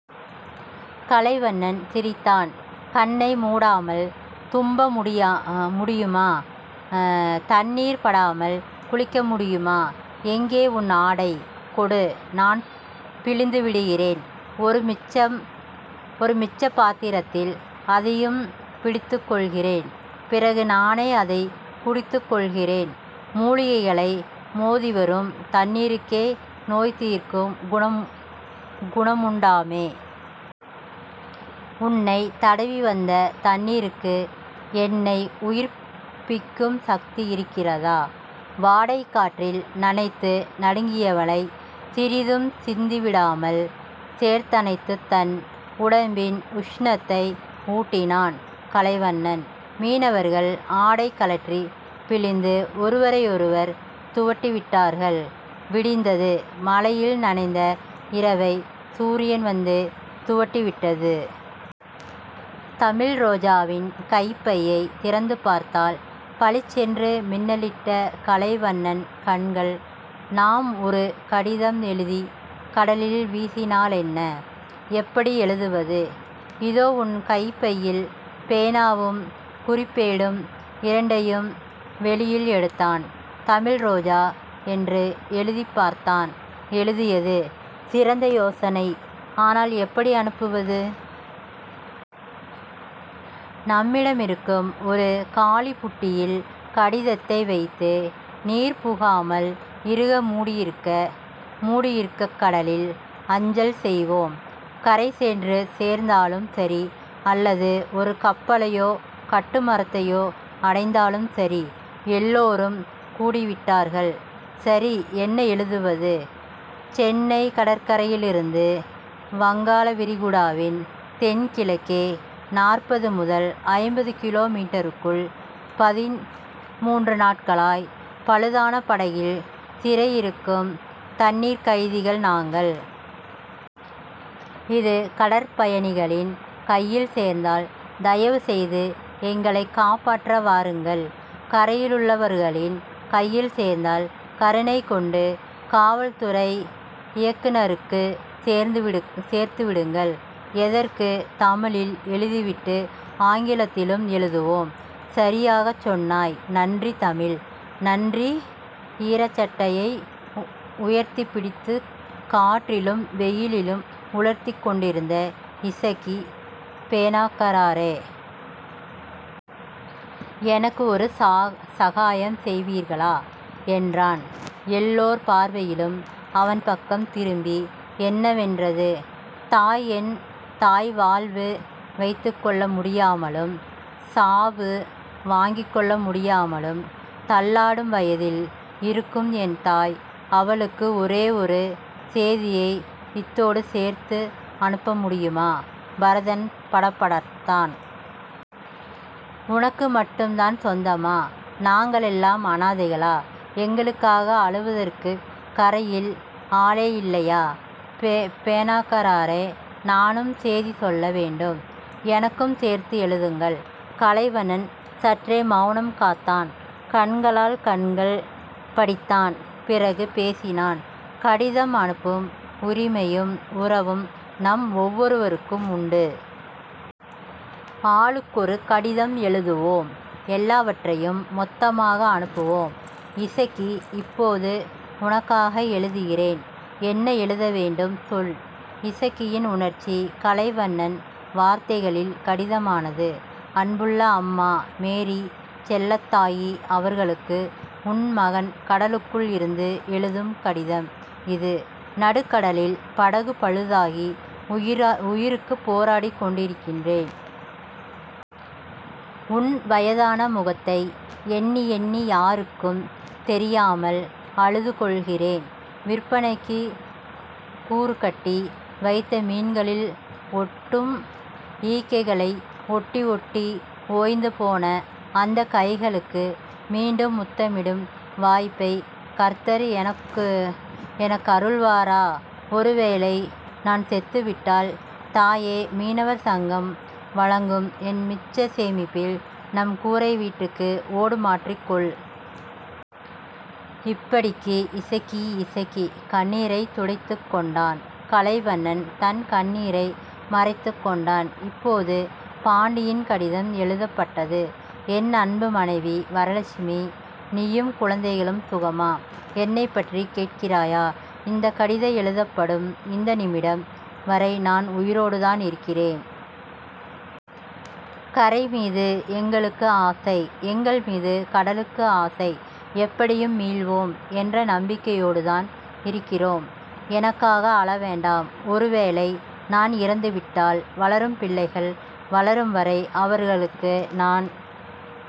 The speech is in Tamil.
கலைவண்ணன் சிரித்தான் கண்ணை முடாமல் தும்ம முடியுமா தண்ணீர் படாமல் குளிக்க முடியுமா எங்கே உன் ஆடை கொடு. நான் பிழிந்து விடுகிறேன். ஒரு மிச்சப் பாத்திரத்தில் அதையும் பிடித்துக் கொள்கிறேன். பிறகு, நானே அதைக் குடித்துக் கொள்கிறேன் முலிகைகளை மோதிவரும் தண்ணீருக்கே நோய்தீர்க்கும் குணமுண்டாமே உன்னைத் தடவி வந்த தண்ணீருக்கு என்னை உயிர்ப்பிக்கும் சக்தி இருக்காதா? வாடைக் காற்றில் நனைந்து நடுங்கியவளைச் சிறிதும் சிந்திவிடாமல் சேர்த்தணைத்துத் தன் உடம்பின் உஷணத்தை ஊட்டினான் கலைவண்ணன். மீனவர்கள் ஆடை கழற்றிப் பிழிந்து ஒருவரையொருவர் துவட்டிவிட்டார்கள். விடிந்தது. மழையில் நனைந்த இரவை சூரியன் வந்து துவட்டி விட்டது. தமிழ்ரோஜாவின் கைப்பை திறந்துபார்த்ததில் பளிச்சென்று மின்னலிட்டன கலைவண்ணன் கண்கள். நாம் ஒரு கடிதம் எழுதிக் கடலில் வீசினாலென்ன? எப்படி எழுதுவது? இதோ உன் கைப்பையில் பேனாவும் குறிப்பேடும்... இரண்டையும் வெளியில் எடுத்தான். தமிழ்ரோஜா என்று எழுதிப் பார்த்தான். எழுதியது. சிறந்த யோசனை. ஆனால், எப்படி அனுப்புவது? நம்மிடமிருக்கும் ஒரு காலிப்புட்டியில்... கடிதத்தை வைத்து நீர்புகாமல் இறுக முடியிட்டுக் கடலில் அஞ்சல் செய்வோம். கரைசென்று சேர்ந்தாலும் சரி அல்லது ஒரு கப்பலையோ கட்டுமரத்தையோ அடைந்தாலும் சரி எல்லோரும் கூடிவிட்டார்கள். சரி... என்ன எழுதுவது? சென்னைக் கடற்கரையிலிருந்து வங்காளவிரிகுடாவின் தென்கிழக்கே நாற்பது முதல் ஐம்பது கிலோ மீட்டருக்குள் பதின்முன்று நாட்களாய்ப் பழுதான படகில் சிறையிருக்கும் தண்ணீர்க் கைதிகள் நாங்கள். இது கடற்பயணிகளின் கையில் சேர்ந்தால் தயவுசெய்து எங்களைக் காப்பாற்ற வாருங்கள். கரையிலுள்ளவர்களின் கையில் சேர்ந்தால் கருணைகொண்டு காவல்துறை இயக்குநருக்குச் சேர்த்துவிடுங்கள். எதற்கும் தமிழில் எழுதிவிட்டு ஆங்கிலத்திலும் எழுதுவோம். சரியாகச் சொன்னாய்... நன்றி தமிழ். நன்றி. ஈரச்சட்டையை உயர்த்திப் பிடித்துக் காற்றிலும் வெயிலிலும் உலர்த்திக் கொண்டிருந்த இசக்கி, பேனாக்காரரே. எனக்கு ஒரு சகாயம் செய்வீர்களா என்றான் எல்லோர் பார்வையும் அவன்பக்கம் திரும்பி என்னவென்றது. தாய் என் தாய் வாழ்வு, வைத்துக்கொள்ள முடியாமலும் சாவு வாங்கிக் கொள்ள முடியாமலும் தள்ளாடும் வயதில் இருக்கும் என் தாய் அவளுக்கு ஒரே ஒரு சேதியை இத்தோடு சேர்த்து அனுப்பமுடியுமா பரதன் படபடப்பானான் உனக்கு மட்டும்தான் சொந்தமா நாங்களெல்லாம் அநாதைகளா எங்களுக்காக அழுவதற்குக் கரையில் ஆளே இல்லையா பேனாக்காரரே. நானும் சேதி சொல்ல வேண்டும். எனக்கும் சேர்த்து எழுதுங்கள். கலைவண்ணன் சற்றே மெளனம் காத்தான். கண்களால் கண்கள் படித்தான் பிறகு பேசினான் கடிதம் அனுப்பும் உரிமையும் உறவும் நம் ஒவ்வொருவருக்கும் உண்டு ஆளுக்கொரு கடிதம் எழுதுவோம். எல்லாவற்றையும் மொத்தமாக அனுப்புவோம். இசக்கி இப்போது உனக்காக எழுதுகிறேன். என்ன எழுத வேண்டும் சொல். இசக்கியின் உணர்ச்சி கலைவண்ணன் வார்த்தைகளில் கடிதமானது. அன்புள்ள அம்மா மேரி செல்லத்தாயி அவர்களுக்கு. உன் மகன் கடலுக்குள் இருந்து எழுதும் கடிதம் இது. நடுக்கடலில் படகு பழுதாகி உயிருக்குப் போராடிக் கொண்டிருக்கிறேன். உன் வயதான முகத்தை எண்ணி எண்ணி யாருக்கும் தெரியாமல் அழுது கொள்கிறேன். விற்பனைக்குக் கூறுகட்டி வைத்த மீன்களில் ஒட்டும் ஈக்களை ஓட்டி ஓட்டி ஓய்ந்துபோன அந்தக் கைகளுக்கு மீண்டும் முத்தமிடும் வாய்ப்பைக் கர்த்தர் எனக்கருள்வாரா? ஒருவேளை, நான் செத்துவிட்டால், தாயே... மீனவர் சங்கம் வழங்கும் என் மிச்சச் சேமிப்பில் நம் கூரைவீட்டுக்கு ஓடு மாற்றிக் கொள். இப்படிக்கு, இசக்கி இசக்கி கண்ணீரைத் துடைத்துக் கொண்டான். கலைவண்ணன் தன் கண்ணீரை மறைத்துக் கொண்டான். இப்போது பாண்டியின் கடிதம் எழுதப்பட்டது. என் அன்பு மனைவி வரலட்சுமி. நீயும் குழந்தைகளும் சுகமா? என்னைப் பற்றிக் கேட்கிறாயா? இந்தக் கடிதம் எழுதப்படும் இந்த நிமிஷம் வரை நான் உயிரோடுதானிருக்கிறேன். கரைமீது எங்களுக்கு ஆசை. எங்கள்மீது கடலுக்கு ஆசை. எப்படியும் மீள்வோம் என்ற நம்பிக்கையோடுதான் இருக்கிறோம். எனக்காக அழ வேண்டாம். ஒருவேளை, நான் இறந்துவிட்டால் வளரும் பிள்ளைகள் வளரும் வரை அவர்களுக்கு நான்